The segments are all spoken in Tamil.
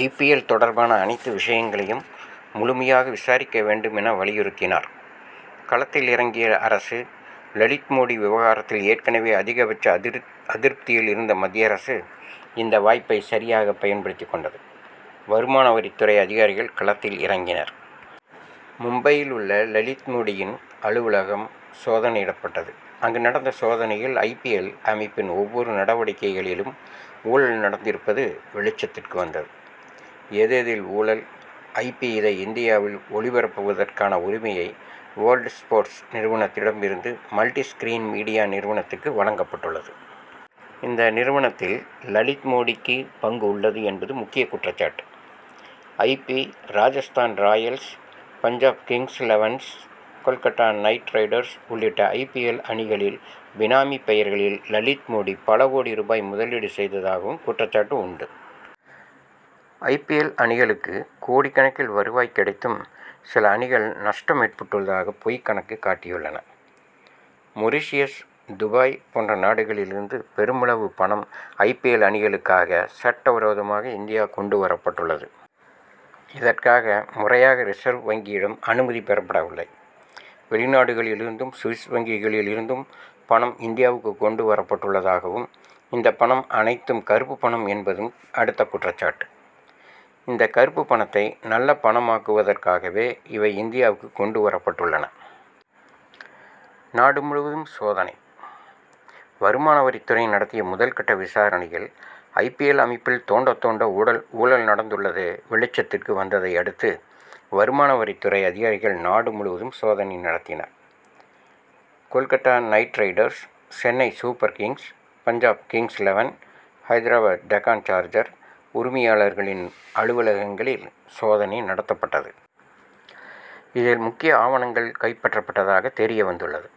ஐ. பி. எல். தொடர்பான அனைத்து விஷயங்களையும் முழுமையாக விசாரிக்க வேண்டும் என வலியுறுத்தினார். களத்தில் இறங்கிய அரசு லலித் மோடி விவகாரத்தில் ஏற்கனவே அதிக பட்ச அதிருப்தியில் இருந்த மத்திய அரசு இந்த வாய்ப்பை சரியாக பயன் படுத்திக் கொண்டது. வருமானவரித் துறை அதிகாரிகள் களத்தில் இறங்கினர். மும்பையில் உள்ள லலித் மோடியின் அலுவலகம் சோதனையிடப்பட்டது. அங்கு நடந்த சோதனையில் ஐ. பி. எல். அமைப்பின் ஒவ்வொரு நடவடிக்கைகளிலும் ஊழல் நடந்திருப்பது வெளிச்சத்துக்கு வந்தது. எது எதில் ஊழல்? ஐ. பி. இதை இந்தியாவில் ஒளிபரப்புவதற்கான உரிமையை வேர்ல்டு ஸ்போர்ட்ஸ் நிறுவனத்திடம் இருந்து மல்டி ஸ்கிரீன் மீடியா நிறுவனத்துக்கு வழங்கப்பட்டுள்ளது. இந்த நிறுவனத்தில் லலித் மோடிக்கு பங்கு உள்ளது என்பது முக்கிய குற்றச் சாட்டு. I. P. Rajasthan Royals Punjab Kings Elevens Kolkata Knight Riders உள்ளிட்ட ஐ. பி. எல் அணிகளில் பினாமி பெயர்களில் லலித் மோடி பல கோடி ரூபாய் முதலீடு செய்ததாகவும் குற்றச்சாட்டு உண்டு. ஐ. பி. எல். அணிகளுக்கு கோடிக் கணக்கில் வருவாய் கிடைத்தும் சில அணிகள் நஷ்டம் ஏற்பட்டுள்ளதாக பொய் கணக்கு காட்டியுள்ளன. மொரிஷியஸ் துபாய் போன்ற நாடுகளில் இருந்து பெருமளவு பணம் ஐ. பி. எல். அணிகளுக் காக சட்ட விரோதமாக இந்தியா கொண்டு வரப் பட்டுள்ளது. இதற்காக முறையாக ரிசர்வ் வங்கியிடம் அனுமதி பெறப்படவில்லை. வெளிநாடுகளில் இருந்தும் சுவிஸ் வங்கிகளில் இருந்தும் பணம் இந்தியாவுக்கு கொண்டு வரப் பட்டுள்ளதாகவும் இந்த பணம் அனைத்தும் கருப்பு பணம் என்பதும் அடுத்த குற்றச் சாட்டு. இந்த கருப்பு பணத்தை நல்ல பணமாக்குவதற்காகவே இவை இந்தியாவுக்கு கொண்டு வரப்பட்டுள்ளன. நாடு முழுவதும் சோதனை: வருமான வரித் துறை நடத்திய முதல் கட்ட விசாரணையில் ஐ. பி. எல். அமைப்பில் தோண்ட தோண்ட ஊழல் நடந்துள்ளது வெளிச்சத்துக்கு வந்ததை அடுத்து வருமானவரித் துறை அதிகாரிகள் நாடு முழுவதும் சோதனை நடத்தினர். Kolkata Knight Riders Chennai Super Kings, Punjab Kings Eleven Hyderabad Deccan Charger உரிமையாளர்களின் அலுவலகங்களில் சோதனை நடத்தப்பட்டது. இதில் முக்கிய ஆவணங்கள் கைப்பற்றப்பட்டதாக தெரியவந்துள்ளது.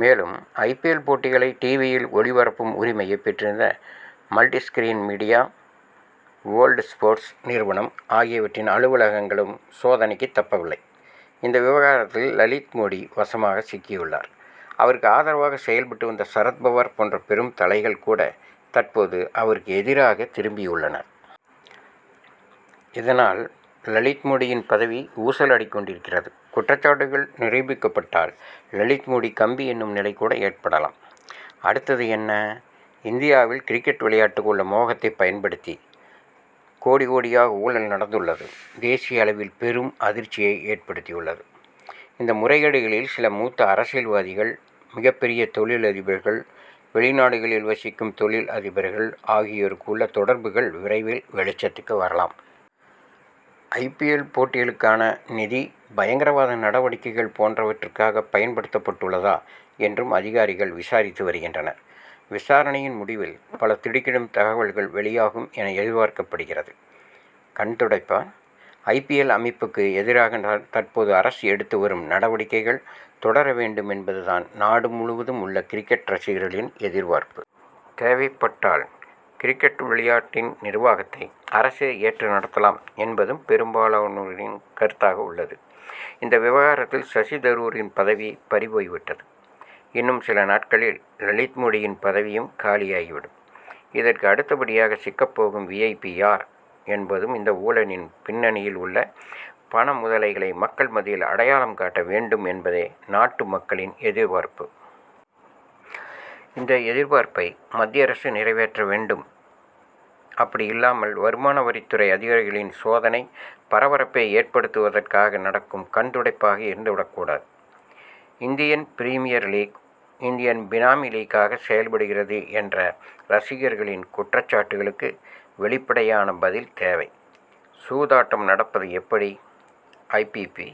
மேலும் ஐ. பி. எல். போட்டிகளை டிவி யில் ஒளிபரப்பும் உரிமையை பெற்றிருந்த Multi Screen Media World Sports நிறுவனம் ஆகியற்றின் அலுவலகங்களும் சோதனைக்கு தப்பவில்லை. இந்த விவகாரத்தில் லலித் மோடி வசமாக சிக்கியுள்ளார். அவருக்கு ஆதரவாக செயல்பட்டு வந்த சரத் பவார் போன்ற பெரும் தலைகள் கூட தற்போது அவருக்கு எதிராக திரும்பியுள்ளனர். இதனால் லலித் மோடியின் பதவி ஊசலாடிக் கொண்டிருக்கிறது. குற்றச்சாட்டுகள் நிரூபிக்கப்பட்டால் லலித் மோடி கம்பி எண்ணும் நிலை கூட ஏற்படலாம். அடுத்தது என்ன? இந்தியாவில் கிரிக்கெட் விளையாட்டுக்கு உள்ள மோகத்தை பயன்படுத்தி கோடி, கோடியாக ஊழல் நடந்துள்ளது தேசிய அளவில் பெரும் அதிர்ச்சியை ஏற்படுத்தியுள்ளது. இந்த முறைகேடுகளில் சில மூத்த அரசியல்வாதிகள் மிகப் பெரிய தொழில் அதிபர்கள் வெளிநாடுகளில் வசிக்கும் தொழில் அதிபர்கள் ஆகியோருக்கு உள்ள தொடர்புகள் விரைவில் வெளிச்சத்துக்கு வரலாம். ஐ. பி. எல். போட்டிகளுக்கான நிதி பயங்கரவாத நடவடிக்கைகள் போன்றவற்றுக்காக பயன்படுத்தப் பட்டுள்ளதா என்றும் அதிகாரிகள் விசாரித்து வருகின்றனர். விசாரணையின் முடிவில் பல திடுக்கிடும் தகவல்கள் வெளியாகும் என எதிர்பார்க்கப்படுகிறது. கண்துடைப்பா? ஐ. பி. எல். அமைப் புக்கு எதிராக தற்போது அரசு எடுத்து வரும் நடவடிக்கைகள் தொடர வேண்டும் என்பது தான் நாடு முழுவதும் உள்ள கிரிக்கெட் ரசிகர்களின் எதிர்பார்ப்பு. தேவைப்பட்டால் கிரிக்கெட் விளையாட்டின் நிர்வாகத்தை அரசே ஏற்று நடத்தலாம் என்பதும் பெரும்பாலானோரின் கருத்தாக உள்ளது. இந்த விவகாரத்தில் சசி தரூரின் பதவி பறிபோய்விட்டது. இன்னும் சில நாட்களில் லலித் மோடியின் பதவியும் காலியாகி விடும். இதற்கு அடுத்தபடியாக சிக்கப் போகும் வி. ஐ. பி. யார் என்பதும் இந்த ஊழலின் பின்னணியில் உள்ள பண முதலைகளை மக்கள் மத்தியில் அடையாளம் காட்ட வேண்டும் என்பதே நாட்டு மக்களின் எதிர்பார்ப்பு. இந்த எதிர்பார்ப்பை மத்திய அரசு நிறைவேற்ற வேண்டும். அப்படியில்லாமல் வருமானவரித் துறை அதிகாரிகளின் சோதனை பரபரப்பை ஏற்படுத்துவதற்காக நடக்கும் கண் துடைப்பாக இருந்து விடக் கூடாது. Indian Premier League. இந்தியன் பினாமி லீக்.காக செயல்படுகிறது என்ற ரசிகர்களின் குற்றச்சாட்டுகளுக்கு வெளிப்படையான பதில் தேவை. சூதாட்டம் நடப்பது எப்படி? ஐ. பி. பி.